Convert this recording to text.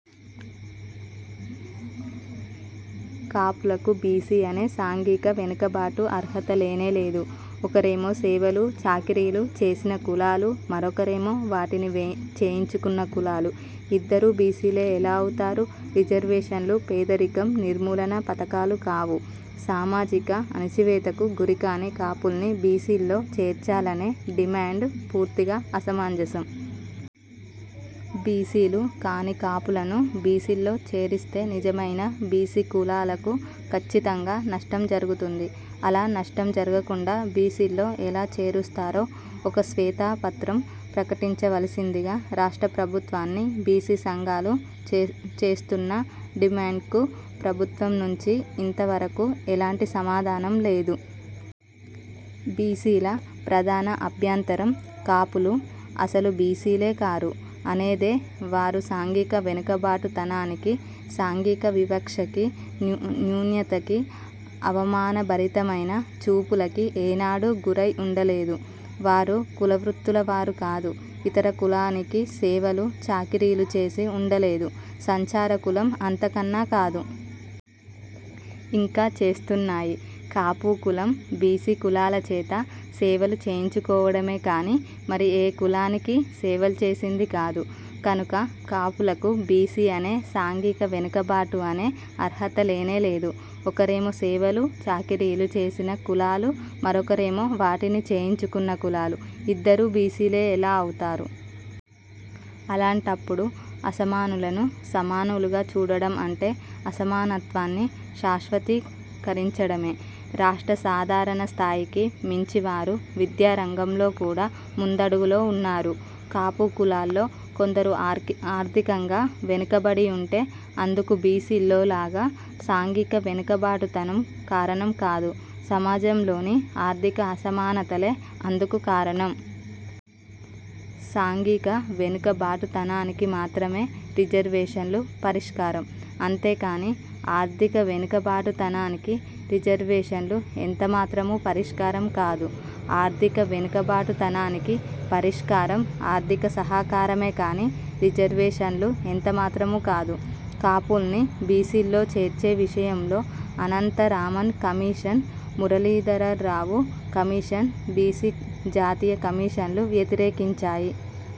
కాపులకు బీసీ అనే సాంఘిక వెనుకబాటు అర్హత లేనే లేదు. ఒకరేమో సేవలు, చాకిరీలు చేసిన కులాలు, మరొకరేమో వాటిని వే చేయించుకొన్న కులాలు, ఇద్దరూ బీసీలే ఎలా అవుతారు? రిజర్వేషన్లు పేదరికం నిర్మూలనా పథకాలు కావు. సామాజిక అణచివేతకు గురికాని కాపుల్ని బీసీల్లో చేర్చాలనే డిమాండ్ పూర్తిగా అసమంజసం. బీసీలు కాని కాపులను బీసీల్లో చేరిస్తే నిజమైన బీసీ కులాలకు ఖచ్చితంగా నష్టం జరుగుతుంది. అలా నష్టం జరగకుండా బీసీల్లో ఎలా చేరుస్తారో ఒక శ్వేత పత్రం ప్రకటించ వలసిందిగా రాష్ట్ర ప్రభుత్వాన్ని బీసీ సంఘాలు చే చేస్తోన్న డిమాండ్కు ప్రభుత్వం నుంచి ఇంత వరకు ఎలాంటి సమాధానం లేదు. బీసీల ప్రధాన అభ్యంతరం కాపులు అసలు బీసీలే కారు, అనేదే. వారు సాంఘిక వెనుకబాటుతనానికీ, సాంఘిక వివక్షకీ, న్యూ న్యూనతకీ, అవమానభరితమైన చూపులకీ ఏనాడూ గురై ఉండలేదు. వారు కుల వృత్తుల వారు కాదు. ఇతర కులానికి సేవలు, చాకిరీలు చేసి ఉండలేదు. సంచార కులం అంతకన్నా కాదు. ఇంకా చేస్తోన్నాయి. కాపు కులం, బీసీ కులాల చేత సేవలు చేయించుకోవటమే కానీ, మరి ఏ కులానికీ సేవలు చేసింది కాదు. కనుక కాపులకు బీసీ అనే సాంఘిక వెనుకబాటు అనే అర్హత లేనే లేదు. ఒకరేమో సేవలు, చాకిరీలు చేసిన కులాలు, మరొకరేమో వాటిని చేయించుకొన్న కులాలు ,ఇద్దరూ బీసీలే ఎలా అవుతారు? అలాంటప్పుడు అసమానులను సమానులుగా చూడడం అంటే, అసమానత్వాన్ని శాశ్వతీ కరించడమే. రాష్ట్ర సాధారణ స్థాయికి మించి వారు విద్యా రంగంలో కూడా ముందడుగులో ఉన్నారు. కాపు కులాల్లో కొందరు ఆర్ధి ఆర్థికంగా వెనుకబడి ఉంటే, అందుకు బీసీల్లో లాగా సాంఘిక వెనుక బాటుతనం కారణం కాదు. సమాజంలోని ఆర్థిక అసమానతలే అందుకు కారణం. సాంఘిక వెనుక బాటుతనానికి మాత్రమే రిజర్వేషన్లు పరిష్కారం. అంతేగానీ ఆర్థిక వెనుక బాటుతనానికి రిజర్వేషన్లు ఎంతమాత్రమూ పరిష్కారం కాదు. ఆర్థిక వెనుక బాటుతనానికి పరిష్కారం ఆర్థిక సహకారమే కానీ, రిజర్వేషన్లు ఎంత మాత్రమూ కాదు. కాపుల్ని బీసీల్లో చేర్చే విషయంలో Anantha Raman commission, Muralidhar Rao commission, BC జాతీయ కమిషన్లు వ్యతిరేకించాయి.